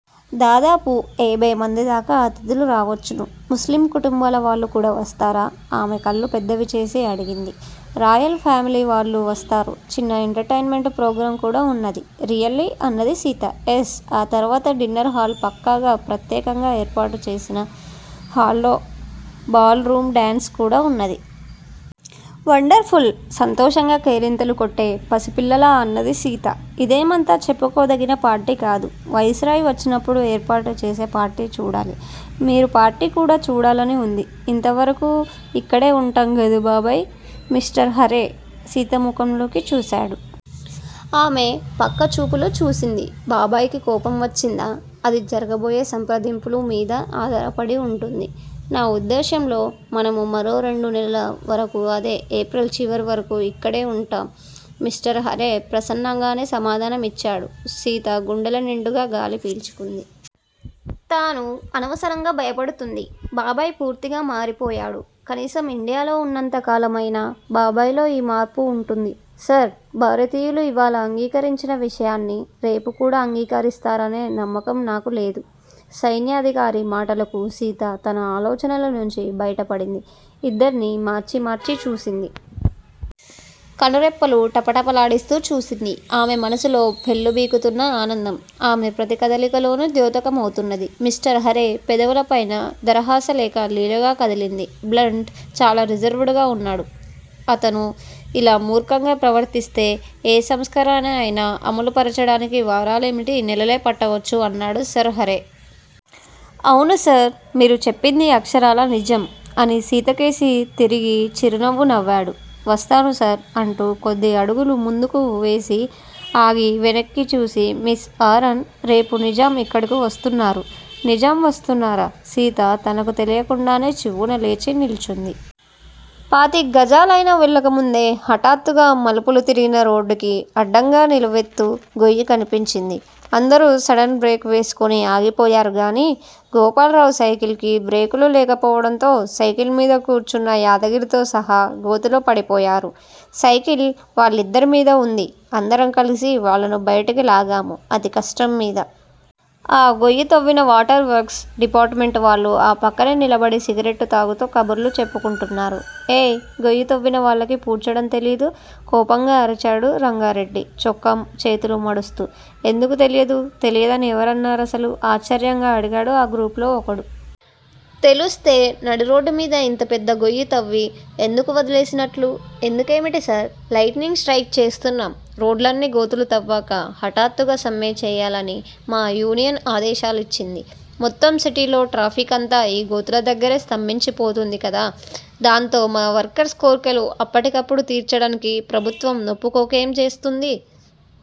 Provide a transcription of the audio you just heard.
దాదాపు ఏభయ్ మంది దాకా అతిథులు రావచ్చును. ముస్లిం కుటుంబాల వాళ్ళు కూడా వస్తారా? ఆమె కళ్ళు పెద్దవి చేసి అడిగింది. రాయల్ ఫామిలీ వాళ్ళు వస్తారు. చిన్న ఎంటర్ టైన్ మెంటు ప్రోగ్రాం కూడా వున్నది. రియల్లీ? అన్నది సీత. యస్. ఆ తర్వాత డిన్నర్ హాల్ పక్కగా ప్రత్యేకంగా ఏర్పాటుచేసిన హాల్లో బాల్ రూం డ్యాన్స్ కూడా వున్నది. Wonderful! సంతోషంగా కేరింతలు కొట్టే పసిపిల్లలా అన్నది సీత. ఇదేమంత చెప్పుకోదగిన పార్టీ కాదు. వైస్ రాయ్ వచ్చినప్పుడు ఏర్పాటు చేసే పార్టీ చూడాలి మీరు పార్టీ కూడా చూడాలని వుంది. ఇంతవరకూ ఇక్కడే వుంటాం గదూ బాబాయ్!. మిస్టర్ హారే సీతముఖంలోకి చూశాడు. ఆమె పక్క చూపులు చూసింది. బాబాయికి కోపం వచ్చిందా? అది జరగబోయే సంప్రదింపులు మీద ఆధారపడి వుంటుంది. నా వుద్దేశ్యంలో మనము మరో రెండు నెలల వరకు అదే ఏప్రిల్ చివరి వరకూ ఇక్కడే వుంటాం మిస్టర్ హారే ప్రసన్నంగానే సమాధానం ఇచ్చాడు. సీత గుండెల నిండుగా గాలి పీల్చుకుంది. తను అనవసరంగా భయపడుతోంది. బాబాయి పూర్తిగా మారిపోయాడు. కనీసం ఇండియాలో వున్నంతకాలం అయినా బాబాయిలో ఈ మార్పు వుంటుంది. సర్ భారతీయులు ఇవాళ అంగీకరించిన విషయాన్ని రేపు కూడా అంగీకరిస్తారనే నమ్మకం నాకు లేదు. సైన్యాధికారి మాటలకు సీత తన ఆలోచనల నుంచి బయటపడింది. ఇద్దర్నీ మార్చి మార్చి చూసింది. కనురెప్పలు టపటపలాడిస్తూ చూసింది. ఆమె మనసులో పెల్లుబికుతున్న ఆనందం ఆమె ప్రతికదలికలోనూ ద్యోతకమౌతున్నది. మిస్టర్ హారే పెదవులపైన దరహాసరేఖ లీలగా కదిలింది. బ్లంట్ చాలా రిజర్వ్ డ్ గా వున్నాడు. అతను ఇలా మూర్ఖంగా ప్రవర్తిస్తే ఏ సంస్కరణ అయినా అమలుపరచడానికి వారాలేమిటి, నెలలే పట్టవచ్చు అన్నాడు సర్ హారే. అవును సర్ మీరు చెప్పింది అక్షరాలా నిజం. అని సీతకేసి తిరిగి చిరునవ్వు నవ్వాడు. వస్తాను సర్ అంటూ కొద్ది అడుగులు ముందుకు వేసి ఆగి వెనక్కి చూసి, మిస్ ఆరాన్ రేపు నిజాం ఇక్కడకు వస్తున్నారు. నిజాం వస్తున్నారా? సీత తనకు తెలియకుండానే చివ్వున లేచి నిల్చుంది. పాతిగ్గజాలయినా వెళ్ళకముందే హఠాత్తుగా మలుపు తిరిగిన రోడ్డుకి అడ్డంగా నిలువెత్తు గొయ్యి కనిపించింది. అందరూ సడన్ బ్రేకు వేసుకుని ఆగిపోయారు గానీ- గోపాల్రావ్ సైకిల్ కి బ్రేకులు లేకపోవడంతో సైకిల్ మీద కూర్చున్న యాదగిరితో సహా గోతిలో పడిపోయారు. సైకిల్ వాళ్ళిద్దరిమీదా ఉంది. అందరం కలిసి వాళ్ళను బయటకు లాగాము అతికష్టం మీద. ఆ గొయ్యి తవ్విన వాటర్ వర్క్స్ డిపార్టుమెంట్ వాళ్ళు ఆ పక్కనే నిలబడి సిగరెట్టు తాగుతూ కబుర్లు చెప్పుకుంటున్నారు. ఏయ్! గొయ్యి తవ్వినవాళ్ళకి పూడ్చడం తెలీదూ? కోపంగా అరిచాడు రంగారెడ్డి చొక్కా చేతులు మడుస్తూ. ఎందుకు తెలీదు? తెలీదని ఎవరన్నారసలు? ఆశ్చర్యంగా అడిగాడు ఆ గ్రూప్ లో ఒకడు. తెలుస్తే నడిరోడ్డు మీద ఇంత పెద్ద గొయ్యి తవ్వి ఎందుకు వదిలేసినట్లు? ఎందుకేమిటి సార్? లైట్నింగ్ స్ట్రయిక్ చేస్తున్నాం. రోడ్లన్నీ గోతులు తవ్వాక హఠాత్తుగా సమ్మె చేయాలని మా యూనియన్ ఆదేశాలిచ్చింది. మొత్తం సిటీలో ట్రాఫిక్కంతా ఈ గోతుల దగ్గర స్తంభించి పోతుంది కదా! దాంతో మా వర్కర్స్ కోర్కెలు అప్పటికప్పుడు తీర్చడానికి ప్రభుత్వం ఒప్పుకోకేం జేస్తుంది?